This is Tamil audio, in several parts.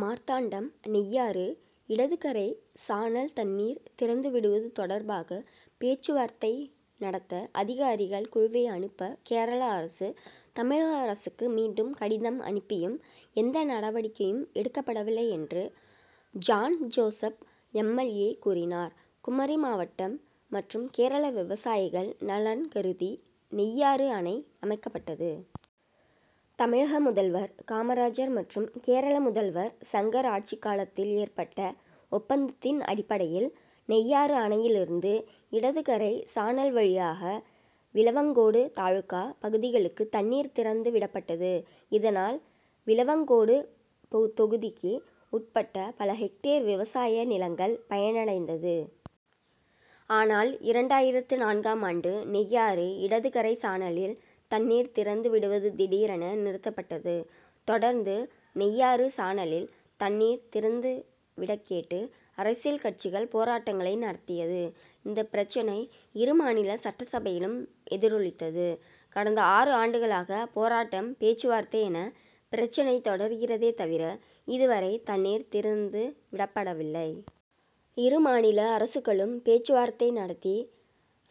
மார்த்தாண்டம் நெய்யாறு இடதுகரை சானல் தண்ணீர் திறந்து விடுவது தொடர்பாக பேச்சுவார்த்தை நடத்த அதிகாரிகள் குழுவை அனுப்ப கேரளா அரசு, தமிழக அரசுக்கு மீண்டும் கடிதம் அனுப்பியும் எந்த நடவடிக்கையும் எடுக்கப்படவில்லை என்று ஜாண்ஜோசப் எம். எல். ஏ., கூறினார். குமரி மாவட்டம் மற்றும் கேரள விவசாயிகள் நலன்கருதி நெய்யாறு அணை அமைக்கப்பட்டது. தமிழக முதல்வர் காமராஜர் மற்றும் கேரள முதல்வர் சங்கர் ஆட்சி காலத்தில் ஏற்பட்ட ஒப்பந்தத்தின் அடிப்படையில் நெய்யாறு அணையில் இருந்து இடதுகரை சானல் வழியாக விளவங்கோடு தாலுகா பகுதிகளுக்கு தண்ணீர் திறந்து விடப்பட்டது. இதனால் விளவங்கோடு தொகுதிக்கு உட்பட்ட பல ஹெக்டெர் விவசாய நிலங்கள் பயனடைந்தது. ஆனால் இரண்டாயிரத்து நான்காம் ஆண்டு நெய்யாறு இடதுகரை சானலில் தண்ணீர் திறந்து விடுவது திடீரென நிறுத்தப்பட்டது. தொடர்ந்து நெய்யாறு சானலில் தண்ணீர் திறந்து விடக்கேட்டு அரசியல் கட்சிகள் போராட்டங்களை நடத்தியது. இந்த பிரச்னை இருமாநில சட்டசபையிலும் எதிரொலித்தது. கடந்த ஆறு ஆண்டுகளாக போராட்டம், பேச்சுவார்த்தை என பிரச்னை தொடர்கிறதே தவிர இதுவரை தண்ணீர் திறந்து விடப்படவில்லை. இருமாநில அரசுகளும் பேச்சுவார்த்தை நடத்தி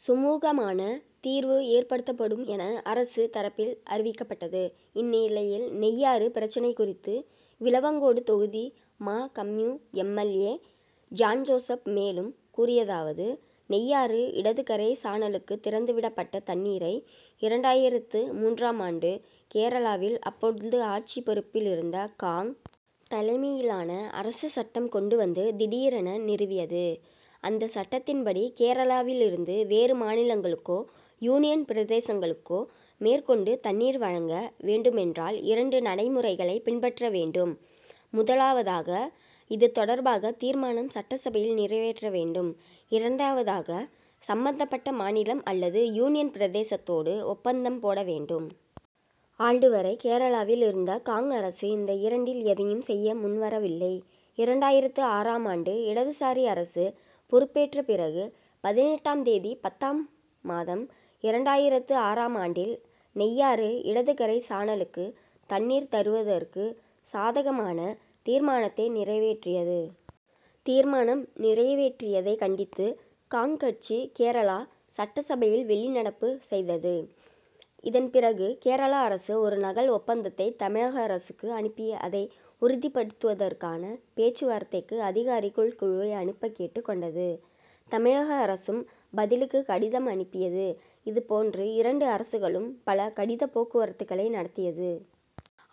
சுமூகமான தீர்வு ஏற்படுத்தப்படும் என அரசு தரப்பில் அறிவிக்கப்பட்டது. இந்நிலையில் நெய்யாறு பிரச்னை குறித்து விளவங்கோடு தொகுதி மா. கம்யூ., எம். எல். ஏ., ஜாண்ஜோசப் மேலும் கூறியதாவது நெய்யாறு இடதுகரை சானலுக்கு திறந்து விடப்பட்ட தண்ணீரை இரண்டாயிரத்து மூன்றாம் ஆண்டு கேரளாவில் அப்பொழுது ஆட்சி பொறுப்பில் இருந்த காங்., தலைமையிலான அரசு சட்டம் கொண்டு வந்து திடீரென நிறுத்தியது. அந்த சட்டத்தின் படி கேரளாவில் இருந்து வேறு மாநிலங்களுக்கோ, யூனியன் பிரதேசங்களுக்கோ மேற்கொண்டு தண்ணீர் வழங்க வேண்டுமென்றால் இரண்டு நடைமுறைகளை பின்பற்ற வேண்டும். முதலாவதாக இது தொடர்பாக தீர்மானம் சட்டசபையில் நிறைவேற்ற வேண்டும். இரண்டாவதாக சம்பந்தப்பட்ட மாநிலம் அல்லது யூனியன் பிரதேசத்தோடு ஒப்பந்தம் போட வேண்டும். ஆண்டு வரை கேரளாவில் இருந்த காங்., அரசு இந்த இரண்டில் எதையும் செய்ய முன்வரவில்லை. இரண்டாயிரத்து ஆறாம் ஆண்டு இடதுசாரி அரசு பொறுப்பேற்ற பிறகு பதினெட்டாம் தேதி பத்தாம் மாதம் இரண்டாயிரத்து ஆறாம் ஆண்டில் நெய்யாறு இடதுகரை சானலுக்கு தண்ணீர் தருவதற்கு சாதகமான தீர்மானத்தை நிறைவேற்றியது. தீர்மானம் நிறைவேற்றியதை கண்டித்து காங்., கட்சி கேரளா சட்டசபையில் வெளிநடப்பு செய்தது. இதன் பிறகு கேரளா அரசு ஒரு நகல் ஒப்பந்தத்தை தமிழக அரசுக்கு அனுப்பி அதை இறுதிப்படுத்துவதற்கான பேச்சுவார்த்தைக்கு அதிகாரிகள் குழுவை அனுப்ப கேட்டு கொண்டது. தமிழக அரசும் பதிலுக்கு கடிதம் அனுப்பியது. இதுபோன்று இரண்டு அரசுகளும் பல கடிதப்போக்குவரத்துகளை நடத்தியது.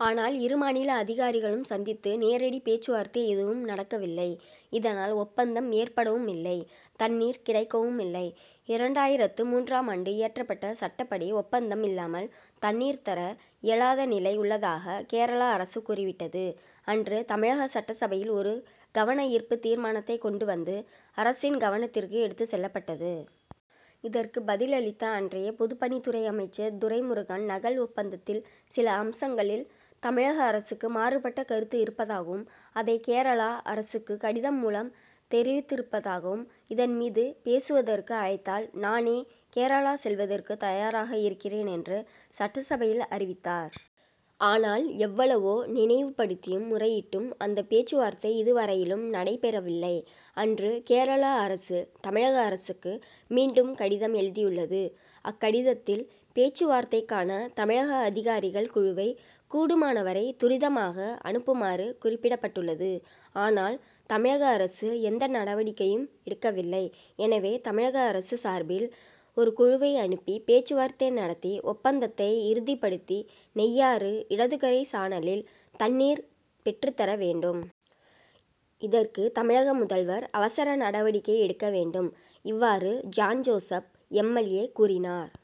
ஆனால் இரு மாநில அதிகாரிகளும் சந்தித்து நேரடி பேச்சுவார்த்தை எதுவும் நடக்கவில்லை. இதனால் ஒப்பந்தம் ஏற்படவுமில்லை, தண்ணீர் கிடைக்கவுமில்லை. இரண்டாயிரத்து மூன்றாம் ஆண்டு இயற்றப்பட்ட சட்டப்படி ஒப்பந்தம் இல்லாமல் தண்ணீர் தர இயலாத நிலை உள்ளதாக கேரளா அரசு கூறிவிட்டது. அன்று தமிழக சட்டசபையில் ஒரு கவன ஈர்ப்பு தீர்மானத்தை கொண்டு வந்து அரசின் கவனத்திற்கு எடுத்து செல்லப்பட்டது. இதற்கு பதில் அளித்த அன்றைய பொதுப்பணித்துறை அமைச்சர் துரைமுருகன் நகல் ஒப்பந்தத்தில் சில அம்சங்களில் தமிழக அரசுக்கு மாறுபட்ட கருத்து இருப்பதாகவும், அதை கேரளா அரசுக்கு கடிதம் மூலம் தெரிவித்திருப்பதாகவும் இதன் மீது பேசுவதற்கு அழைத்தால் நானே கேரளா செல்வதற்கு தயாராக இருக்கிறேன் என்று சட்டசபையில் அறிவித்தார். ஆனால் எவ்வளவோ நினைவுப்படுத்தியும், முறையிட்டும் அந்த பேச்சுவார்த்தை இது வரையிலும் நடைபெறவில்லை. அன்று கேரளா அரசு தமிழக அரசுக்கு மீண்டும் கடிதம் எழுதியுள்ளது. அக்கடிதத்தில், பேச்சுவார்த்தைக்கான தமிழக அதிகாரிகள் குழுவை கூடுமானவரை துரிதமாக அனுப்புமாறு குறிப்பிடப்பட்டுள்ளது. ஆனால் தமிழக அரசு எந்த நடவடிக்கையும் எடுக்கவில்லை. எனவே தமிழக அரசு சார்பில் ஒரு குழுவை அனுப்பி, பேச்சுவார்த்தை நடத்தி, ஒப்பந்தத்தை இறுதிப்படுத்தி நெய்யாறு இடதுகரை சானலில் தண்ணீர் பெற்றுதர வேண்டும். இதற்கு தமிழக முதல்வர் அவசர நடவடிக்கை எடுக்க வேண்டும். இவ்வாறு ஜாண்ஜோசப் எம். எல். ஏ., கூறினார்.